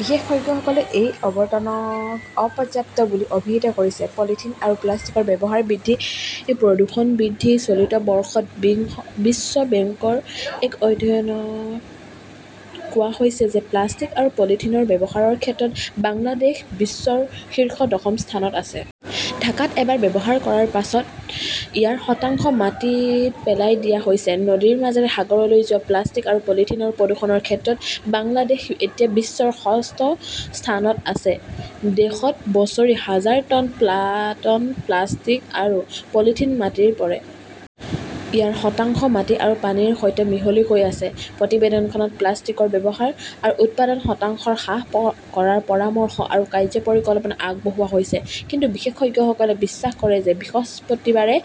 বিশেষজ্ঞসকলে এই আৱদানক অপৰ্যাপ্ত বুলি অভিহিত কৰিছে। পলিথিন আৰু প্লাষ্টিকৰ ব্যৱহাৰ বৃদ্ধি, প্ৰদূষণ বৃদ্ধি, চলিত বৰ্ষত বিশ্ব বেংকৰ এক অধ্যয়নত কোৱা হৈছে যে প্লাষ্টিক আৰু পলিথিনৰ ব্যৱহাৰৰ ক্ষেত্ৰত বাংলাদেশ বিশ্বৰ শীৰ্ষ দশম স্থানত আছে। ঢাকাত এবাৰ ব্যৱহাৰ কৰাৰ পিছত ইয়াৰ শতাংশ মাটিত পেলাই দিয়া হৈছে। নদীৰ মাজেৰে সাগৰলৈ যোৱা প্লাষ্টিক আৰু পলিথিনৰ প্ৰদূষণৰ ক্ষেত্ৰত বাংলাদেশ এতিয়া বিশ্বৰ ষষ্ঠ স্থানত আছে। দেশত বছৰি হাজাৰ টন প্লাতন প্লাষ্টিক আৰু পলিথিন মাটিৰ পৰে। ইয়াৰ শতাংশ মাটি আৰু পানীৰ সৈতে মিহলি হৈ আছে। প্ৰতিবেদনখনত প্লাষ্টিকৰ ব্যৱহাৰ আৰু উৎপাদন শতাংশ হ্ৰাস কৰাৰ পৰামৰ্শ আৰু কাৰ্য্য পৰিকল্পনা আগবঢ়োৱা হৈছে। কিন্তু বিশেষজ্ঞসকলে বিশ্বাস কৰে যে বৃহস্পতিবাৰে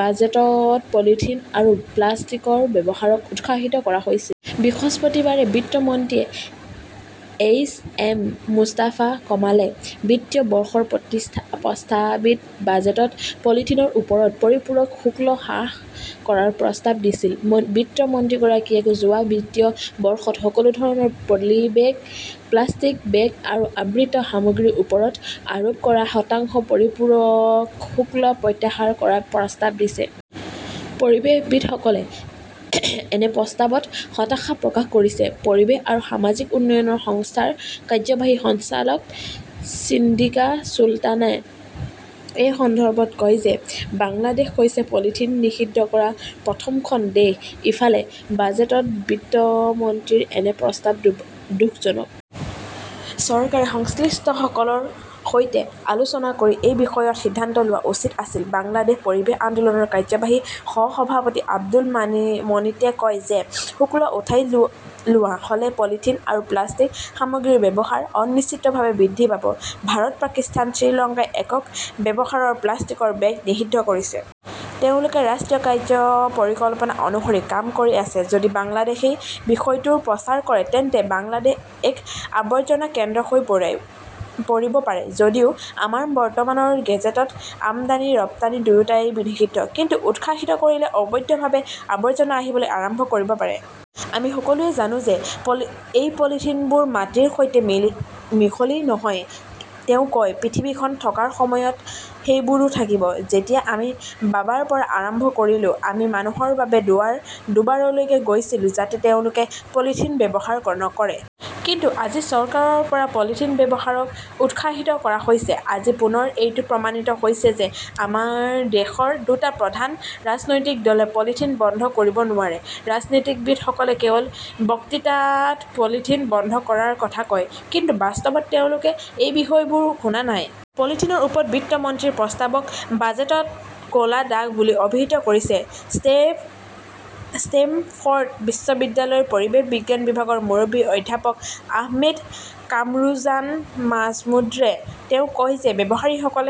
বাজেটত পলিথিন আৰু প্লাষ্টিকৰ ব্যৱহাৰক উৎসাহিত কৰা হৈছিল। বৃহস্পতিবাৰে বিত্ত মন্ত্ৰী এ এইচ এম মুস্তাফা কামালে বিত্তীয় বৰ্ষৰ প্ৰস্তাৱিত বাজেটত পলিথিনৰ ওপৰত পৰিপূৰক শুল্ক হ্ৰাস কৰাৰ প্ৰস্তাৱ দিছিল। বিত্ত মন্ত্ৰীগৰাকীয়ে যোৱা বিত্তীয় বৰ্ষত সকলো ধৰণৰ পলিবেগ, প্লাষ্টিক বেগ আৰু আবৃত সামগ্ৰীৰ ওপৰত আৰোপ কৰা শতাংশ পৰিপূৰক শুল্ক প্ৰত্যাহাৰ কৰাৰ প্ৰস্তাৱ দিছে। পৰিৱেশবিদসকলে এনে প্ৰস্তাৱত হতাশা প্ৰকাশ কৰিছে। পৰিৱেশ আৰু সামাজিক উন্নয়ন সংস্থাৰ কাৰ্যবাহী সঞ্চালক ছিদ্দিকা চুলতানে এই সন্দৰ্ভত কয় যে বাংলাদেশ হৈছে পলিথিন নিষিদ্ধ কৰা প্ৰথমখন দেশ। ইফালে, বাজেটত বিত্ত মন্ত্ৰীৰ এনে প্ৰস্তাৱ দুখজনক। চৰকাৰে সংশ্লিষ্টসকলৰ সৈতে আলোচনা কৰি এই বিষয়ত সিদ্ধান্ত লোৱা উচিত আছিল। বাংলাদেশ পৰিৱেশ আন্দোলনৰ কাৰ্যবাহী সহ-সভাপতি আব্দুল মতিনে কয় যে শুল্ক উঠাই লোৱা হ’লে পলিথিন আৰু প্লাষ্টিক সামগ্ৰীৰ ব্যৱহাৰ নিশ্চিতভাৱে বৃদ্ধি পাব। ভাৰত, পাকিস্তান, শ্ৰীলংকাই একক ব্যৱহাৰৰ প্লাষ্টিকৰ বেগ নিষিদ্ধ কৰিছে। তেওঁলোকে ৰাষ্ট্ৰীয় কাৰ্য্য পৰিকল্পনা অনুসৰি কাম কৰি আছে। যদি বাংলাদেশই বিষয়টোৰ প্ৰচাৰ কৰে তেন্তে বাংলাদেশ এক আৱৰ্জনা কেন্দ্ৰ হৈ পৰিব পাৰে। যদিও আমাৰ বৰ্তমানৰ গেজেটত আমদানি-ৰপ্তানি দুয়োটাই নিষিদ্ধ। কিন্তু উৎসাহিত কৰিলে অবৈধভাৱে আৱৰ্জনা আহিবলৈ আৰম্ভ কৰিব পাৰে। আমি সকলোৱে জানো যে এই পলিথিনবোৰ মাটিৰ সৈতে মিহলি নহয়, তেওঁ কয়। পৃথিৱীখন থকাৰ সময়ত সেইবোৰো থাকিব। যেতিয়া আমি বাবাৰ পৰা আৰম্ভ কৰিলো, আমি মানুহৰ বাবে দুৱাৰ-দুবাৰলৈকে গৈছিলো যাতে তেওঁলোকে পলিথিন ব্যৱহাৰ নকৰে। কিন্তু আজি চৰকাৰৰ পৰা পলিথিন ব্যৱহাৰক উৎসাহিত কৰা হৈছে। আজি পুনৰ এইটো প্ৰমাণিত হৈছে যে আমাৰ দেশৰ দুটা প্ৰধান ৰাজনৈতিক দলে পলিথিন বন্ধ কৰিব নোৱাৰে। ৰাজনীতিবিদসকলে কেৱল বক্তৃতাত পলিথিন বন্ধ কৰাৰ কথা কয়, কিন্তু বাস্তৱত তেওঁলোকে এই বিষয়বোৰ শুনা নাই। পলিথিনৰ ওপৰত বিত্ত মন্ত্ৰীৰ প্ৰস্তাৱক বাজেটত ক’লা দাগ বুলি অভিহিত কৰিছে ষ্টেমফৰ্ড বিশ্ববিদ্যালয়ৰ পৰিৱেশ বিজ্ঞান বিভাগৰ মুৰব্বী অধ্যাপক আহমেদ কামৰুজান মাজমুদ্ৰে। তেওঁ কয় যে ব্যৱসায়ীসকলে